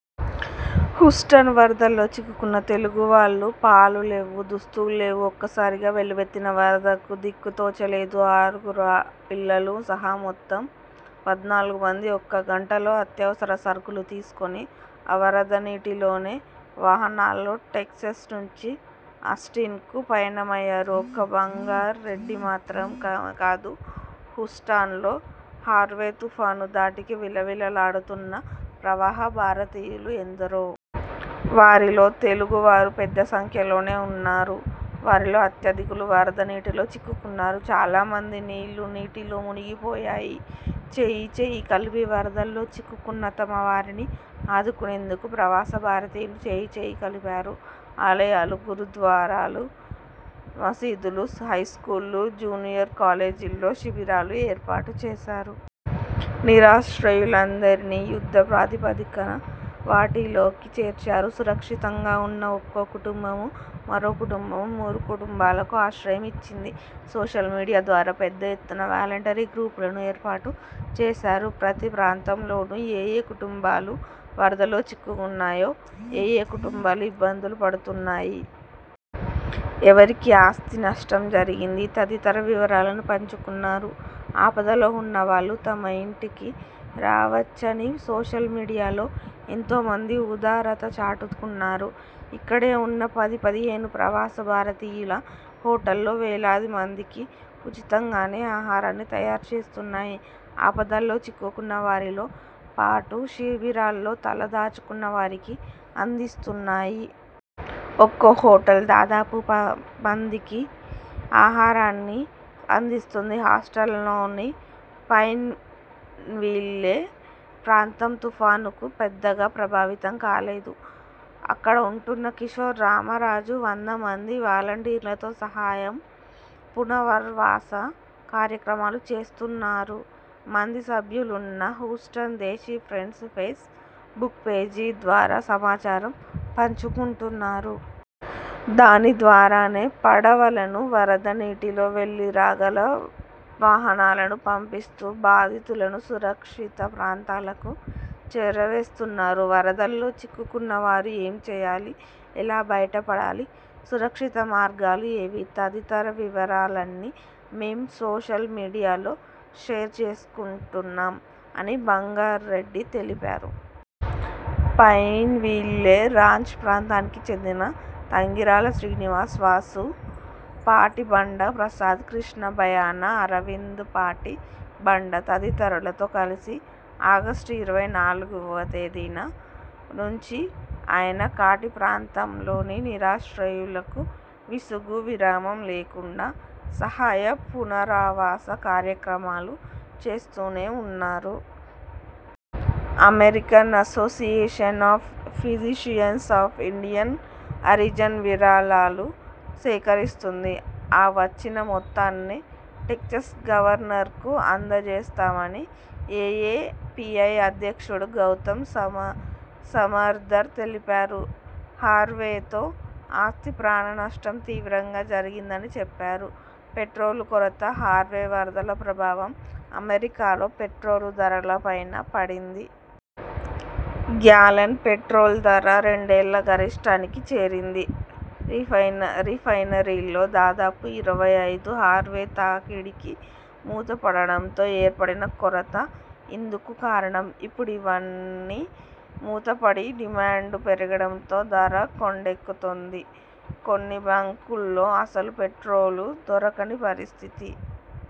Houston వరదల్లో చిక్కుకున్న తెలుగు వాళ్లు పాలు లేవు, దుస్తుల్లేవు, ఒక్కసారిగా వెల్లువెత్తిన వరదకు దిక్కు తోచలేదు. ఆరుగురు పిల్లలు సహా మొత్తం పద్నాలుగు మంది ఒక్క గంటలో అత్యవసర సరుకులు తీసుకుని, ఆ వరద నీటిలోనే వాహనాల్లో టెక్సస్ నుంచి ఆస్టిన్కు పయనమయ్యారు. ఒక్క బంగార్ రెడ్డి మాత్రమ్ కాదు హూస్టన్లో హార్వే తుపాను ధాటికి విలవిల లాడుతున్న ప్రవాస భారతీయులు ఎందరో. వారిలో తెలుగు వారూ పెద్ద సంఖ్యలోనే ఉన్నారు. వారిలో అత్యధికులు వరద నీటిలో చిక్కుకున్నారు. చాలా మంది ఇళ్లు నీటిలో మునిగి పోయాయి. చేయీ చేయీ కలిపి వరదల్లో చిక్కుకున్న తమ వారిని ఆదుకునేందుకు ప్రవాస భారతీయులు చేయి చేయి కలిపారు. ఆలయాలు, గురు ద్వారాలు, మసీదులు, హైస్కూళ్లు, జూనియర్ కాలేజీల్లో శిబిరాలు ఏర్పాటు చేశారు. నిరాశ్రయులందరినీ యుద్ధ ప్రాతిపదికన వాటిలోకి చేర్చారు. సురక్షితంగా ఉన్న ఒక్కో కుటుంబమూ మరో కుటుంబము ,మూడు కుటుంబాలకు ఆశ్రయం ఇచ్చింది. సోషల్ మీడియా ద్వారా పెద్ద ఎత్తున వాలంటరీ గ్రూపులను ఏర్పాటు చేశారు. ప్రతి ప్రాంతంలోనూ ఏయే కుటుంబాలు వరదలో చిక్కుకున్నాయి? ఏయే కుటుంబాలు ఇబ్బందులు పడుతున్నాయి? ఎవరికి ఆస్తి నష్టం జరిగింది? తదితర వివరాలను పంచుకున్నారు. ఆపదలో ఉన్నవాళ్లు తమ ఇంటికి రావచ్చని సోషల్ మీడియాలో ఎంతోమంది ఉదారత చాటుకుంటున్నారు. ఇక్కడే ఉన్న పది పదిహేను ప్రవాస భారతీయుల హోటళ్లు వేలాది మందికి ఉచితం గానే ఆహారాన్ని తయారు చేస్తున్నాయి. ఆపదలో చిక్కుకున్న వారిలోపాటు శిబిరాల్లో తల దాచుకున్న వారికి అందిస్తున్నాయి. ఒక్కో హోటల్ దాదాపు మందికి ఆహారాన్ని అందిస్తోంది. హస్టన్లోని పైన్విల్లే ప్రాంతం తుపానుకు పెద్దగా ప్రభావితం కాలేదు. అక్కడ ఉంటున్న కిశోర్ రామరాజు వంద మంది వాలంటీర్లతో సహాయ పునరావాస కార్యక్రమాలు చేస్తున్నారు. మంది సభ్యులున్న Houston Desi Friends Facebook పేజీ ద్వారా సమాచారం పంచుకుంటున్నారు. దాని ద్వారానే పడవలను, వరద నీటిలో వెళ్లి రాగల వాహనాలను పంపిస్తూ బాధితులను సురక్షిత ప్రాంతాలకు చేరవేస్తున్నారు. వరదల్లో చిక్కుకున్న వారు ఏం చేయాలి? ఎలా బయటపడాలి? సురక్షిత మార్గాలు ఏవి? తదితర వివరాలన్నీ మేం సోషల్ మీడియాలో షేర్ చేసుకుంటున్నాం అని బంగార్ రెడ్డి తెలిపారు. పైన్విల్లే రాంచ్ ప్రాంతానికి చెందిన తంగిరాల శ్రీనివాస్ వాసు, పాటిబండ ప్రసాద్, కృష్ణ బయాన, అరవింద్ పాటి బండ తదితరులతో కలిసి ఆగస్టు ఇరవై నాలుగువ తేదీన నుంచి ఆయన కాటీ ప్రాంతంలోని నిరాశ్రయులకు విసుగూ విరామం లేకుండా సహాయ పునరావాస కార్యక్రమాలు చేస్తూనే ఉన్నారు. American Association of Physicians of Indian Origin విరాళాలు సేకరిస్తోంది. ఆ వచ్చిన మొత్తాన్ని టెక్సస్ గవర్నర్కు అంద జేస్తామని ఏఏపీఐ అధ్యక్షుడు గౌతమ్ సమ సమద్దర్ తెలిపారు. హార్వేతో ఆస్తి, ప్రాణ నష్టం తీవ్రంగా జరిగిందని చెప్పారు. పెట్రోలు కొరత! హార్వే వరదల ప్రభావం అమెరికాలో పెట్రోలు ధరల పైనా పడింది. గ్యాలన్ పెట్రోల్ ధర రెండేళ్ల గరిష్ఠానికి చేరింది. రిఫైనరీల్లో దాదాపు ఇరవై ఐదుు హార్వే తాకిడికి మూత పడటంతో ఏర్పడిన కొరతే ఇందుకు కారణం. ఇప్పుడవన్నీ మూతపడి డిమాండ్ పెరగడంతో ధర కొండెకుతుంది. కొన్ని బంకుల్లో అసలు పెట్రోలు దొరకని పరిస్థితి.